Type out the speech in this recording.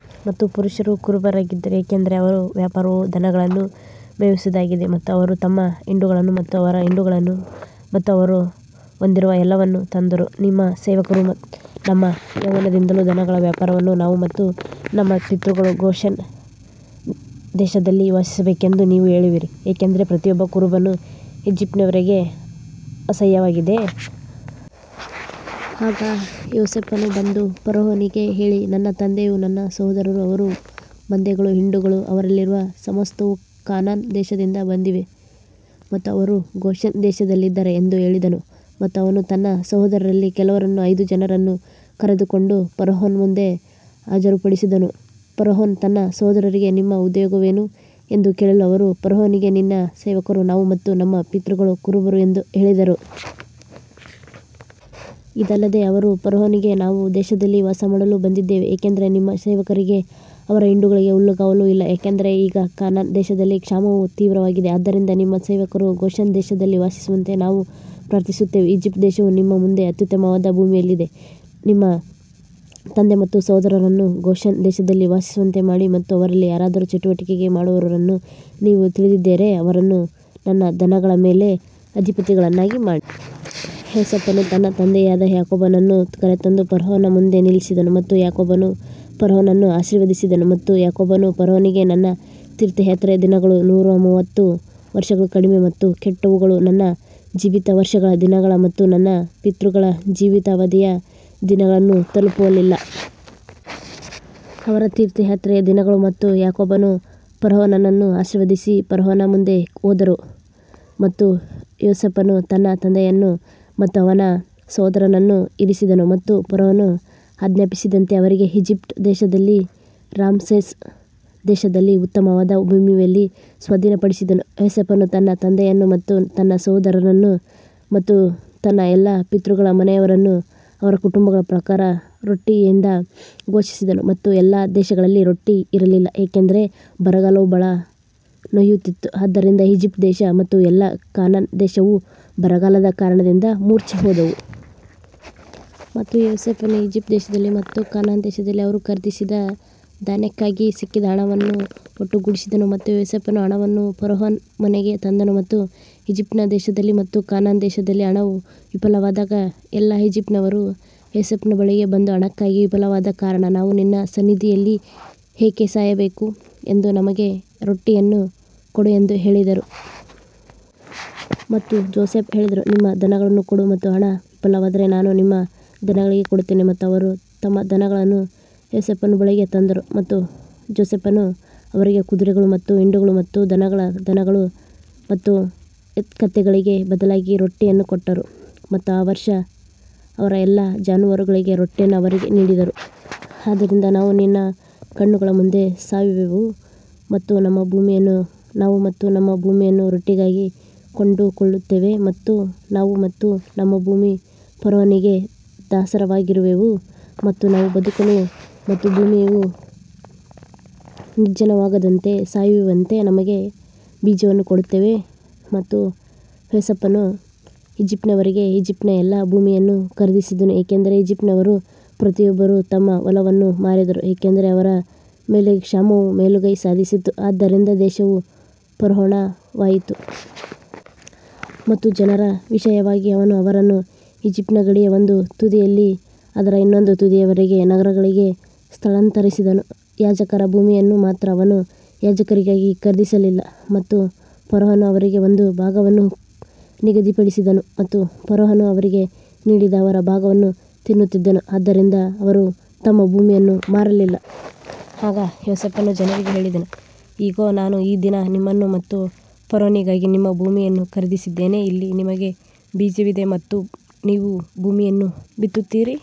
ಮತ್ತು ಪುರುಷರು ಕುರುಬರಾಗಿದ್ದಾರೆ ಏಕೆಂದರೆ ಅವರ ವ್ಯಾಪಾರವು ದನಗಳನ್ನು ಮೇಯಿಸುವುದಾಗಿದೆ ಮತ್ತು ಅವರು ತಮ್ಮ ಹಿಂಡುಗಳನ್ನು ಮತ್ತು ಅವರ ಹಿಂಡುಗಳನ್ನು ಮತ್ತು ಅವರು ಹೊಂದಿರುವ ಎಲ್ಲವನ್ನೂ ತಂದರು. ನಿಮ್ಮ ಸೇವಕರು ನಮ್ಮ ಯೌವನದಿಂದಲೂ ದನಗಳ ವ್ಯಾಪಾರವನ್ನು ನಾವು ಮತ್ತು ನಮ್ಮ ಪಿತೃಗಳು ಗೋಷೆನ್ ದೇಶದಲ್ಲಿ ವಾಸಿಸಬೇಕೆಂದು ನೀವು ಹೇಳುವಿರಿ ಏಕೆಂದರೆ ಪ್ರತಿಯೊಬ್ಬ ಕುರುಬನು ಈಜಿಪ್ಟಿನವರಿಗೆ ಅಸಹ್ಯವಾಗಿದೆ. ಆಗ ಯೋಸೇಫನು ಬಂದು ಫರೋಹನಿಗೆ ಹೇಳಿ ನನ್ನ ತಂದೆಯೂ ನನ್ನ ಸಹೋದರರೂ ಅವರ ಮಂದೆಗಳೂ ಹಿಂಡುಗಳೂ ಅವರಲ್ಲಿರುವ ಸಮಸ್ತವೂ ಕಾನಾನ್ ದೇಶದಿಂದ ಬಂದಿವೆ ಮತ್ತು ಅವರು ಗೋಷೆನ್ ದೇಶದಲ್ಲಿದ್ದಾರೆ ಎಂದು ಹೇಳಿದನು. ಮತ್ತು ಅವನು ತನ್ನ ಸಹೋದರರಲ್ಲಿ ಕೆಲವರನ್ನು ಐದು ಜನರನ್ನು ಕರೆದುಕೊಂಡು ಫರೋಹನ ಮುಂದೆ ಹಾಜರುಪಡಿಸಿದನು ಫರೋಹನು ತನ್ನ ಸಹೋದರರಿಗೆ ನಿಮ್ಮ ಉದ್ಯೋಗವೇನು ಎಂದು ಕೇಳಲು ಅವರು ಫರೋಹನಿಗೆ ನಿನ್ನ ಸೇವಕರು ನಾವು ಮತ್ತು ನಮ್ಮ ಪಿತೃಗಳು ಕುರುಬರು ಎಂದು ಹೇಳಿದರು. ಇದಲ್ಲದೆ ಅವರು ಫರೋಹನಿಗೆ ನಾವು ದೇಶದಲ್ಲಿ ವಾಸಮಾಡಲು ಬಂದಿದ್ದೇವೆ ಏಕೆಂದರೆ ನಿಮ್ಮ ಸೇವಕರಿಗೆ ಅವರ ಹಿಂಡುಗಳಿಗೆ ಹುಲ್ಲುಗಾವಲು ಇಲ್ಲ ಯಾಕಂದರೆ ಈಗ ಕಾನಾನ್ ದೇಶದಲ್ಲಿ ಕ್ಷಾಮವು ತೀವ್ರವಾಗಿದೆ ಆದ್ದರಿಂದ ನಿಮ್ಮ ಸೇವಕರು ಗೋಷೆನ್ ದೇಶದಲ್ಲಿ ವಾಸಿಸುವಂತೆ ನಾವು ಪ್ರಾರ್ಥಿಸುತ್ತೇವೆ. ಈಜಿಪ್ಟ್ ದೇಶವು ನಿಮ್ಮ ಮುಂದೆ ಅತ್ಯುತ್ತಮವಾದ ಭೂಮಿಯಲ್ಲಿದೆ ನಿಮ್ಮ ತಂದೆ ಮತ್ತು ಸಹೋದರರನ್ನು ಗೋಶೆನ್ ದೇಶದಲ್ಲಿ ವಾಸಿಸುವಂತೆ ಮಾಡಿ ಮತ್ತು ಅವರಲ್ಲಿ ಯಾರಾದರೂ ಚಟುವಟಿಕೆ ಮಾಡುವವರನ್ನು ನೀವು ತಿಳಿದಿದ್ದರೆ ಅವರನ್ನು ನನ್ನ ದನಗಳ ಮೇಲೆ ಅಧಿಪತಿಗಳನ್ನಾಗಿ ಮಾಡಿ. ಯೋಸೇಫನು ತನ್ನ ತಂದೆಯಾದ ಯಾಕೋಬನನ್ನು ಕರೆತಂದು ಫರೋಹನ ಮುಂದೆ ನಿಲ್ಲಿಸಿದನು ಮತ್ತು ಯಾಕೋಬನು ಫರೋಹನನ್ನು ಆಶೀರ್ವದಿಸಿದನು ಮತ್ತು ಯಾಕೋಬನು ಫರೋಹನಿಗೆ ನನ್ನ ತೀರ್ಥಯಾತ್ರೆಯ ದಿನಗಳು ನೂರ ಮೂವತ್ತು ವರ್ಷಗಳು ಕಡಿಮೆ ಮತ್ತು ಕೆಟ್ಟವುಗಳು ನನ್ನ ಜೀವಿತದ ವರ್ಷಗಳ ದಿನಗಳು ಮತ್ತು ನನ್ನ ಪಿತೃಗಳ ಜೀವಿತಾವಧಿಯ ದಿನಗಳನ್ನು ತಲುಪಲಿಲ್ಲ. ಅವರ ತೀರ್ಥಯಾತ್ರೆಯ ದಿನಗಳು ಮತ್ತು ಯಾಕೋಬನು ಫರೋಹನನ್ನು ಆಶೀರ್ವದಿಸಿ ಫರೋಹನ ಮುಂದೆ ಹೋದನು ಮತ್ತು ಯೋಸೇಫನು ತನ್ನ ತಂದೆಯನ್ನು ಮತ್ತು ಅವನ ಸಹೋದರರನ್ನು ಇರಿಸಿದನು ಮತ್ತು ಫರೋಹನು ಆಜ್ಞಾಪಿಸಿದಂತೆ ಅವರಿಗೆ ಈಜಿಪ್ಟ್ ದೇಶದಲ್ಲಿ ರಾಮಸೇಸ್ ದೇಶದಲ್ಲಿ ಉತ್ತಮವಾದ ಭೂಮಿಯಲ್ಲಿ ಸ್ವಾಧೀನಪಡಿಸಿದನು. ಯೋಸೇಫನು ತನ್ನ ತಂದೆಯನ್ನು ಮತ್ತು ತನ್ನ ಸಹೋದರರನ್ನು ಮತ್ತು ತನ್ನ ಎಲ್ಲಾ ಪಿತೃಗಳ ಮನೆಯವರನ್ನು ಅವರ ಕುಟುಂಬಗಳ ಪ್ರಕಾರ ರೊಟ್ಟಿಯಿಂದ ಪೋಷಿಸಿದನು ಮತ್ತು ಎಲ್ಲಾ ದೇಶಗಳಲ್ಲಿ ರೊಟ್ಟಿ ಇರಲಿಲ್ಲ ಏಕೆಂದರೆ ಬರಗಾಲವು ಬಹಳ ನೋಯುತ್ತಿತ್ತು, ಆದ್ದರಿಂದ ಈಜಿಪ್ಟ್ ದೇಶ ಮತ್ತು ಎಲ್ಲಾ ಕಾನಾನ್ ದೇಶವು ಬರಗಾಲದ ಕಾರಣದಿಂದ ಮೂರ್ಛೆ ಹೋದವು. ಮತ್ತು ಯೋಸೇಫನು ಈಜಿಪ್ಟ್ ದೇಶದಲ್ಲಿ ಮತ್ತು ಕಾನಾನ್ ದೇಶದಲ್ಲಿ ಅವರು ಖರೀದಿಸಿದ ಧಾನ್ಯಕ್ಕಾಗಿ ಸಿಕ್ಕಿದ ಹಣವನ್ನು ಒಟ್ಟುಗೂಡಿಸಿದನು ಮತ್ತು ಯೋಸೇಫನು ಹಣವನ್ನು ಫರೋಹನ ಮನೆಗೆ ತಂದನು. ಮತ್ತು ಈಜಿಪ್ಟ್ ದೇಶದಲ್ಲಿ ಮತ್ತು ಕಾನಾನ್ ದೇಶದಲ್ಲಿ ಹಣವು ವಿಫಲವಾದಾಗ ಎಲ್ಲಾ ಈಜಿಪ್ಟಿನವರು ಯೋಸೇಫನ ಬಳಿಗೆ ಬಂದು ಹಣಕ್ಕಾಗಿ ವಿಫಲವಾದ ಕಾರಣ ನಾವು ನಿನ್ನ ಸನ್ನಿಧಿಯಲ್ಲಿ ಏಕೆ ಸಾಯಬೇಕು ಎಂದು ನಮಗೆ ರೊಟ್ಟಿಯನ್ನು ಕೊಡು ಎಂದು ಹೇಳಿದರು. ಮತ್ತು ಜೋಸೆಫ್ ಹೇಳಿದರು ನಿಮ್ಮ ದನಗಳನ್ನು ಕೊಡು ಮತ್ತು ಹಣ ವಿಫಲವಾದರೆ ನಾನು ನಿಮ್ಮ ದನಗಳಿಗೆ ಕೊಡುತ್ತೇನೆ ಮತ್ತು ಅವರು ತಮ್ಮ ದನಗಳನ್ನು ಯೋಸೇಫನ ಬಳಿಗೆ ತಂದರು ಮತ್ತು ಜೋಸೆಫ್ ಅವರಿಗೆ ಕುದುರೆಗಳು ಮತ್ತು ಹಿಂಡುಗಳು ಮತ್ತು ದನಗಳ ದನಗಳು ಮತ್ತು ಕತ್ತೆಗಳಿಗೆ ಬದಲಾಗಿ ರೊಟ್ಟಿಯನ್ನು ಕೊಟ್ಟರು ಮತ್ತು ಆ ವರ್ಷ ಅವರ ಎಲ್ಲಾ ಜಾನುವಾರುಗಳಿಗೆ ರೊಟ್ಟಿಯನ್ನು ಅವರಿಗೆ ನೀಡಿದರು. ಆದದರಿಂದ ನಾವು ನಿನ್ನ ಕಣ್ಣುಗಳ ಮುಂದೆ ಸಾಯುವೆವು ಮತ್ತು ನಮ್ಮ ಭೂಮಿಯನ್ನು ನಾವು ಮತ್ತು ನಮ್ಮ ಭೂಮಿಯನ್ನು ರೊಟ್ಟಿಗಾಗಿ ಕೊಂಡುಕೊಳ್ಳುತ್ತೇವೆ ಮತ್ತು ನಾವು ಮತ್ತು ನಮ್ಮ ಭೂಮಿ ಫರೋಹನಿಗೆ ದಾಸರಾಗಿರುವೆವು ಮತ್ತು ನಾವು ಬದುಕಲು ಮತ್ತು ಭೂಮಿಯು ನಿರ್ಜನವಾಗದಂತೆ ಸಾಯುವಂತೆ ನಮಗೆ ಬೀಜವನ್ನು ಕೊಡುತ್ತೇವೆ. ಮತ್ತು ಯೋಸೇಫನು ಈಜಿಪ್ಟಿನವರಿಗೆ ಈಜಿಪ್ಟಿನ ಎಲ್ಲಾ ಭೂಮಿಯನ್ನು ಖರೀದಿಸಿದನು, ಏಕೆಂದರೆ ಈಜಿಪ್ಟಿನವರು ಪ್ರತಿಯೊಬ್ಬರೂ ತಮ್ಮ ಹೊಲವನ್ನು ಮಾರಿದರು, ಏಕೆಂದರೆ ಅವರ ಮೇಲೆ ಕ್ಷಾಮವು ಮೇಲುಗೈ ಸಾಧಿಸಿತು, ಆದ್ದರಿಂದ ದೇಶವು ಫರೋಹಣವಾಯಿತು. ಮತ್ತು ಜನರ ವಿಷಯವಾಗಿ ಅವನು ಅವರನ್ನು ಈಜಿಪ್ಟಿನ ಗಡಿಯ ಒಂದು ತುದಿಯಿಂದ ಅದರ ಇನ್ನೊಂದು ತುದಿಯವರೆಗೆ ನಗರಗಳಿಗೆ ಸ್ಥಳಾಂತರಿಸಿದನು ಯಾಜಕರ ಭೂಮಿಯನ್ನು ಮಾತ್ರ ಅವನು ಯಾಜಕರಿಗಾಗಿ ಖರೀದಿಸಲಿಲ್ಲ ಮತ್ತು ಫರೋಹನು ಅವರಿಗೆ ಒಂದು ಭಾಗವನ್ನು ನಿಗದಿಪಡಿಸಿದನು ಮತ್ತು ಫರೋಹನು ಅವರಿಗೆ ನೀಡಿದ ಅವರ ಭಾಗವನ್ನು ತಿನ್ನುತ್ತಿದ್ದನು ಆದ್ದರಿಂದ ಅವರು ತಮ್ಮ ಭೂಮಿಯನ್ನು ಮಾರಲಿಲ್ಲ. ಆಗ ಯೋಸೇಫನು ಜನರಿಗೆ ಹೇಳಿದನು, ಇಗೋ, ನಾನು ಈ ದಿನ ನಿಮ್ಮನ್ನು ಮತ್ತು ಫರೋಹನಿಗಾಗಿ ನಿಮ್ಮ ಭೂಮಿಯನ್ನು ಖರೀದಿಸಿದ್ದೇನೆ, ಇಲ್ಲಿ ನಿಮಗೆ ಬೀಜವಿದೆ ಮತ್ತು ನೀವು ಭೂಮಿಯನ್ನು ಬಿತ್ತುತ್ತೀರಿ.